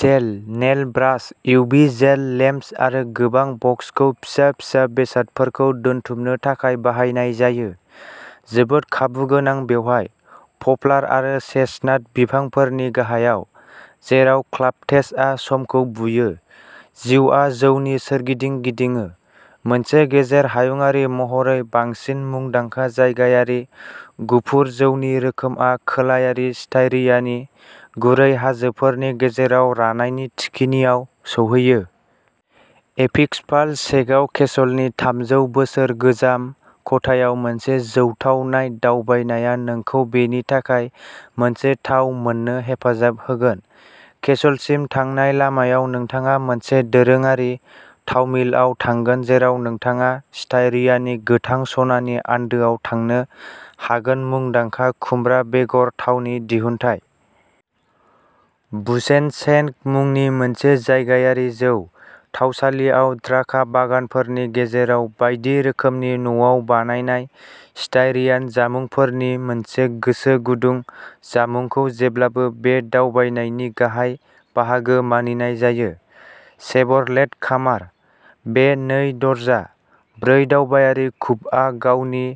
जेल, nail brush, UV gel lamps आरो गोबां बक्सखौ फिसा फिसा बेसादफोरखौ दोनथुमनो थाखाय बाहायनाय जायो, जोबोद खाबुगोनां बेवहाय, पप्लार आरो चेस्टनाट बिफांफोरनि गाहायाव, जेराव क्लाप'टेट्जआ समखौ बुयो, जिउआ जौनि सोरगिदिं गिदिङो। मोनसे गेजेर हायुङारि महरै बांसिन मुंदांखा जायगायारि गुफुर जौनि रोखोमआ खोलायारि स्टायरियानि गुरै हाजोफोरनि गेजेराव रानायनि थिखिनियाव सौहैयो। एपिस्क'पाल सेगाउ केसलनि थामजौ बोसोर गोजाम खथायाव मोनसे जौथावनाय दावबायनाया नोंखौ बेनि थाखाय मोनसे थाव मोननो हेफाजाब होगोन। केसलसिम थांनाय लामायाव नोंथाङा मोनसे दोरोङारि थावमिलआव थांगोन जेराव नोंथाङा स्टायरियानि गोथां सना नि आन्दोआव थांनो हागोनमुंदांखा खुमब्रा बेगर थावनि दिहुनथाय। बुशेनशेन्क मुंनि मोनसे जायगायारि जौ थावसालिआव द्राखा बागानफोरनि गेजेराव बायदि रोखोमनि न'आव बानायनाय स्टायरियान जामुंफोरनि मोनसे गोसो गुदुं जामुंखौ जेब्लाबो बे दावबायनायनि गाहाय बाहागो मानिनाय जायो। शेभरलेट कामार'। बे नै दरजा, ब्रै दावबायारि कुपआ गावनि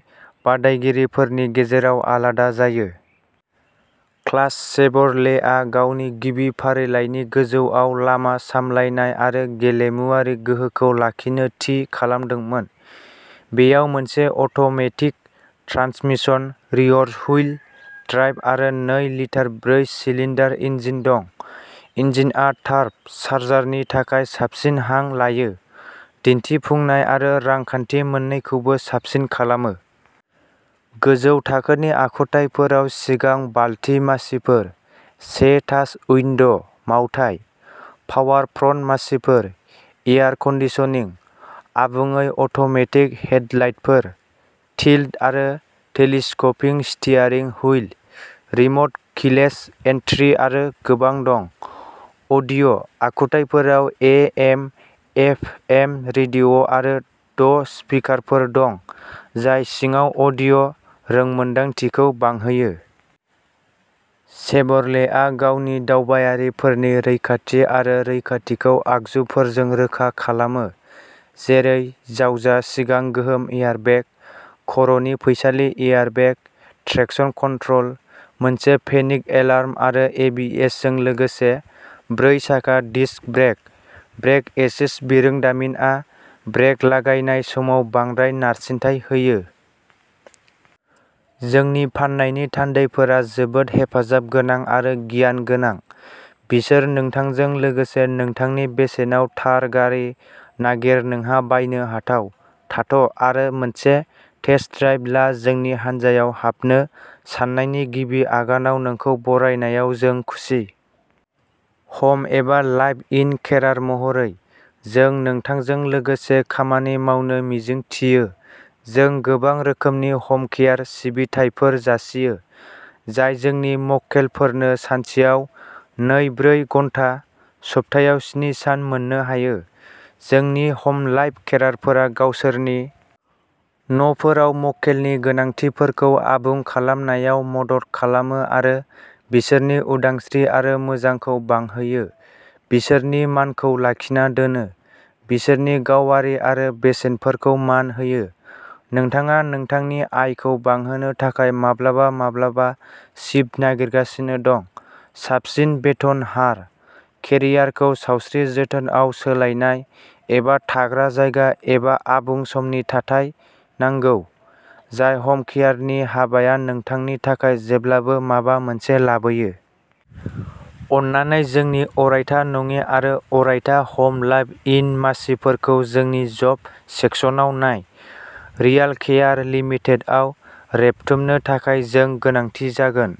बादायगिरिफोरनि गेजेराव आलादा जायो। क्लास शेभरलेया गावनि गिबि फारिलाइनि गोजौआव लामा सामलायनाय आरो गेलेमुआरि गोहोखौ लाखिनो थि खालामदोंमोन। बेयाव मोनसे अट'मेटिक ट्रान्समिसन, रियरहुइल ड्राइभ आरो नै लिटार ब्रै सिलिन्डार इन्जिन दं। इन्जिनआ टार्ब' चार्जारनि थाखाय साबसिन हां लायो, दिन्थिफुंनाय आरो रांखान्थि मोननैखौबो साबसिन खालामो। गोजौ थाखोनि आखुथायफोराव सिगां बालति मासिफोर, से टाच उइन्ड' मावथाय, पावार फ्रन्ट मासिफोर, एयार कन्दिसनिं, आबुङै अट'मेटिक हेडलाइटफोर, टिल्ट आरो telescoping steering wheel, remote keyless entry आरो गोबां दं। अडिय' आखुथायफोराव ए एम एफ एम रेडिय'आरो द’ स्पिकारफोर दं, जाय सिङाव अडिय' रोंमोन्दांथिखौ बांहोयो। शेभरलेआ गावनि दावबायारिफोरनि रैखाथि आरो रैखाथिखौ आगजुफोरजों रोखा खालामो जेरै जावजा सिगां गोहोम एयारबेग, खर'नि फैसालि एयारबेग, ट्रेक्शन कन्ट्रल, मोनसे पेनिक एलार्म आरो एबिएसजों लोगोसे ब्रै साखा डिस्क ब्रेक। ब्रेक एसिस्ट बिरोंदामिनआ ब्रेक लागायनाय समाव बांद्राय नारसिनथाय होयो। जोंनि फाननायनि थान्दैफोरा जोबोद हेफाजाबगोनां आरो गियान गोनां। बिसोर नोंथांजों लोगोसे नोंथांनि बेसेनाव थार गारि नागिर नोंहा बायनो हाथाव। थाथ' आरो मोनसे टेस्ट ड्राइभ ला जोंनि हानजायाव हाबनो साननायनि गिबि आगानाव नोंखौ बरायनायाव जों खुसि। हम एबा लाइभ इन केरार महरै, जों नोंथांजों लोगोसे खामानि मावनो मिजिंथियो जों गोबां रोखोमनि हमकेयार सिबिथाइफोर जासियो, जाय जोंनि मक्केलफोरनो सानसेयाव नैब्रै घन्टा, सप्तायाव स्नि सान मोननो हायो। जोंनि हमलाइभ केरारफोरा गावसोरनि न'फोराव मक्केलनि गोनांथिफोरखौ आबुं खालामनायाव मदद खालामो आरो बिसोरनि उदांस्रि आरो मोजांखौ बांहोयो, बिसोरनि मानखौ लाखिना दोनो, बिसोरनि गावारि आरो बेसेनफोरखौ मान होयो, नोंथाङा नोंथांनि आयखौ बांहोनो थाखाय माब्लाबा माब्लाबा सिफ्ट नागिरगासिनो दं, साबसिन बेथन हार, केरियारखौ सावस्रि जोथोनआव सोलायनाय एबा थाग्रा जायगा एबा आबुं समनि थाथाय नांगौ, जाय हमकेयारनि हाबाया नोंथांनि थाखाय जेब्लाबो माबा मोनसे लाबोयो। अननानै जोंनि अरायथा नङि आरो अरायथा हमलाइभ इन मासिफोरखौ जोंनि जब सेक्सनाव नाय। रियालकेयार लिमिटेडआव रेबथुमनो थाखाय जों गोनांथि जागोन।